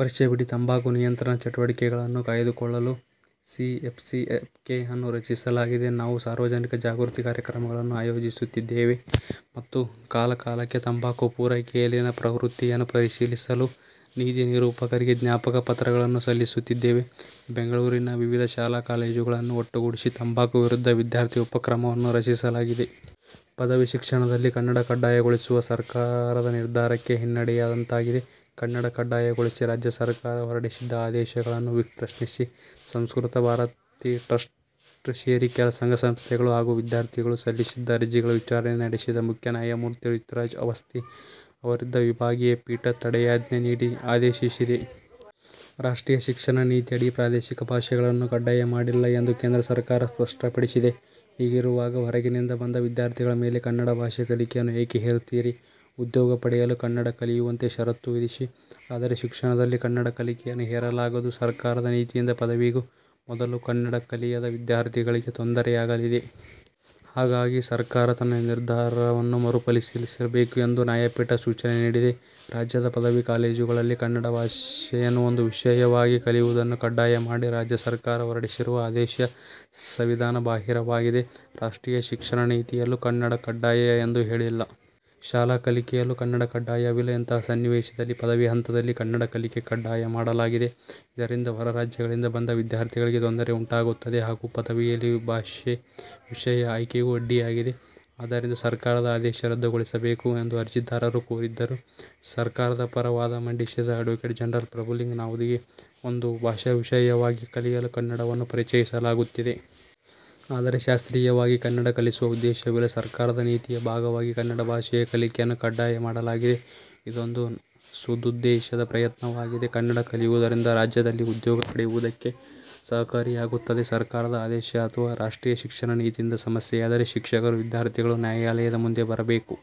ವರ್ಷವಿಡೀ ತಂಬಾಕು ನಿಯಂತ್ರಣ ಚಟುವಟಿಕೆಗಳನ್ನು ಕಾಯ್ದುಕೊಳ್ಳಲು ಸಿಎಫ್ಟಿಎಫ್ಕೆ ಅನ್ನು ರಚಿಸಲಾಗಿದೆ. ನಾವು ಸಾರ್ವಜನಿಕ ಜಾಗೃತಿ ಕಾರ್ಯಕ್ರಮಗಳನ್ನು ಆಯೋಜಿಸುತ್ತಿದ್ದೇವೆ ಮತ್ತು ಕಾಲಕಾಲಕ್ಕೆ ತಂಬಾಕು ಪೂರೈಕೆಯಲ್ಲಿನ ಪ್ರವೃತ್ತಿಯನ್ನು ಪರಿಶೀಲಿಸಲು ನೀತಿ ನಿರೂಪಕರಿಗೆ ಜ್ಞಾಪಕ ಪತ್ರಗಳನ್ನು ಸಲ್ಲಿಸುತ್ತಿದ್ದೇವೆ. ಬೆಂಗಳೂರಿನ ವಿವಿಧ ಶಾಲಾ-ಕಾಲೇಜುಗಳನ್ನು ಒಟ್ಟುಗೂಡಿಸಿ ತಂಬಾಕು ವಿರುದ್ಧ ವಿದ್ಯಾರ್ಥಿ ಉಪಕ್ರಮವನ್ನು ರಚಿಸಲಾಗಿದೆ. ಪದವಿ ಶಿಕ್ಷಣದಲ್ಲಿ ಕನ್ನಡ ಕಡ್ಡಾಯಗೊಳಿಸುವ ಸರ್ಕಾರದ ನಿರ್ಧಾರಕ್ಕೆ ಹಿನ್ನಡೆಯಾದಂತಾಗಿದೆ. ಕನ್ನಡ ಕಡ್ಡಾಯಗೊಳಿಸಿ ರಾಜ್ಯ ಸರ್ಕಾರ ಹೊರಡಿಸಿದ್ದ ಆದೇಶಗಳನ್ನು ಪ್ರಶ್ನಿಸಿ ಸಂಸ್ಕೃತ ಭಾರತಿ ಟ್ರಸ್ಟ್ ಸೇರಿ ಕೆಲ ಸಂಘ-ಸಂಸ್ಥೆಗಳು ಹಾಗೂ ವಿದ್ಯಾರ್ಥಿಗಳು ಸಲ್ಲಿಸಿದ್ದ ಅರ್ಜಿಗಳ ವಿಚಾರಣೆ ನಡೆಸಿದ ಮುಖ್ಯ ನ್ಯಾಯಮೂರ್ತಿ ರಿತುರಾಜ್ ಅವಸ್ಥಿ ಅವರಿದ್ದ ವಿಭಾಗೀಯ ಪೀಠ ತಡೆಯಾಜ್ಞೆ ನೀಡಿ ಆದೇಶಿಸಿದೆ. 'ರಾಷ್ಟ್ರೀಯ ಶಿಕ್ಷಣ ನೀತಿಯಡಿ ಪ್ರಾದೇಶಿಕ ಭಾಷೆಗಳನ್ನು ಕಡ್ಡಾಯ ಮಾಡಿಲ್ಲ ಎಂದು ಕೇಂದ್ರ ಸರ್ಕಾರ ಸ್ಪಷ್ಟಪಡಿಸಿದೆ. ಹೀಗಿರುವಾಗ ಹೊರಗಿನಿಂದ ಬಂದ ವಿದ್ಯಾರ್ಥಿಗಳ ಮೇಲೆ ಕನ್ನಡ ಭಾಷೆ ಕಲಿಕೆಯನ್ನು ಏಕೆ ಹೇರುತ್ತೀರಿ? ಉದ್ಯೋಗ ಪಡೆಯಲು ಕನ್ನಡ ಕಲಿಯುವಂತೆ ಷರತ್ತು ವಿಧಿಸಿ. ಆದರೆ, ಶಿಕ್ಷಣದಲ್ಲಿ ಕನ್ನಡ ಕಲಿಕೆಯನ್ನು ಹೇರಲಾಗದು. ಸರ್ಕಾರದ ನೀತಿಯಿಂದ ಪದವಿಗೂ ಮೊದಲು ಕನ್ನಡ ಕಲಿಯದ ವಿದ್ಯಾರ್ಥಿಗಳಿಗೆ ತೊಂದರೆಯಾಗಲಿದೆ. ಹಾಗಾಗಿ ಸರ್ಕಾರ ತನ್ನ ನಿರ್ಧಾರವನ್ನು ಮರು ಪರಿಶೀಲಿಸಬೇಕು' ಎಂದು ನ್ಯಾಯಪೀಠ ಸೂಚನೆ ನೀಡಿದೆ. 'ರಾಜ್ಯದ ಪದವಿ ಕಾಲೇಜುಗಳಲ್ಲಿ ಕನ್ನಡ ಭಾಷೆಯನ್ನು ಒಂದು ವಿಷಯವಾಗಿ ಕಲಿಯುವುದನ್ನು ಕಡ್ಡಾಯ ಮಾಡಿ ರಾಜ್ಯ ಸರ್ಕಾರ ಹೊರಡಿಸಿರುವ ಆದೇಶ ಸಂವಿಧಾನ ಬಾಹಿರವಾಗಿದೆ. ರಾಷ್ಟ್ರೀಯ ಶಿಕ್ಷಣ ನೀತಿಯಲ್ಲೂ ಕನ್ನಡ ಕಡ್ಡಾಯ ಎಂದು ಹೇಳಿಲ್ಲ. ಶಾಲಾ ಕಲಿಕೆಯಲ್ಲೂ ಕನ್ನಡ ಕಡ್ಡಾಯವಿಲ್ಲ. ಇಂತಹ ಸನ್ನಿವೇಶದಲ್ಲಿ ಪದವಿ ಹಂತದಲ್ಲಿ ಕನ್ನಡ ಕಲಿಕೆ ಕಡ್ಡಾಯ ಮಾಡಲಾಗಿದೆ. ಇದರಿಂದ ಹೊರ ರಾಜ್ಯಗಳಿಂದ ಬಂದ ವಿದ್ಯಾರ್ಥಿಗಳಿಗೆ ತೊಂದರೆ ಉಂಟಾಗುತ್ತದೆ ಹಾಗೂ ಪದವಿಯಲ್ಲಿ ಭಾಷೆ ವಿಷಯ ಆಯ್ಕೆಗೂ ಅಡ್ಡಿಯಾಗಿದೆ. ಆದ್ದರಿಂದ ಸರ್ಕಾರದ ಆದೇಶ ರದ್ದುಗೊಳಿಸಬೇಕು' ಎಂದು ಅರ್ಜಿದಾರರು ಕೋರಿದ್ದರು. ಸರ್ಕಾರದ ಪರ ವಾದ ಮಂಡಿಸಿದ ಅಡ್ವೋಕೇಟ್ ಜನರಲ್ ಪ್ರಭುಲಿಂಗ ನಾವದಗಿ, 'ಒಂದು ಭಾಷಾ ವಿಷಯವಾಗಿ ಕಲಿಯಲು ಕನ್ನಡವನ್ನು ಪರಿಚಯಿಸಲಾಗುತ್ತಿದೆ. ಆದರೆ, ಶಾಸ್ತ್ರೀಯವಾಗಿ ಕನ್ನಡ ಕಲಿಸುವ ಉದ್ದೇಶವಿಲ್ಲ. ಸರ್ಕಾರದ ನೀತಿಯ ಭಾಗವಾಗಿ ಕನ್ನಡ ಭಾಷೆ ಕಲಿಕೆಯನ್ನು ಕಡ್ಡಾಯ ಮಾಡಲಾಗಿದೆ. ಇದೊಂದು ಸದುದ್ದೇಶದ ಪ್ರಯತ್ನವಾಗಿದೆ. ಕನ್ನಡ ಕಲಿಯುವುದರಿಂದ ರಾಜ್ಯದಲ್ಲಿ ಉದ್ಯೋಗ ಪಡೆಯುವುದಕ್ಕೆ ಸಹಕಾರಿಯಾಗುತ್ತದೆ. ಸರ್ಕಾರದ ಆದೇಶ ಅಥವಾ ರಾಷ್ಟ್ರೀಯ ಶಿಕ್ಷಣ ನೀತಿಯಿಂದ ಸಮಸ್ಯೆಯಾದರೆ ಶಿಕ್ಷಕರು, ವಿದ್ಯಾರ್ಥಿಗಳು ನ್ಯಾಯಾಲಯದ ಮುಂದೆ ಬರಬೇಕು.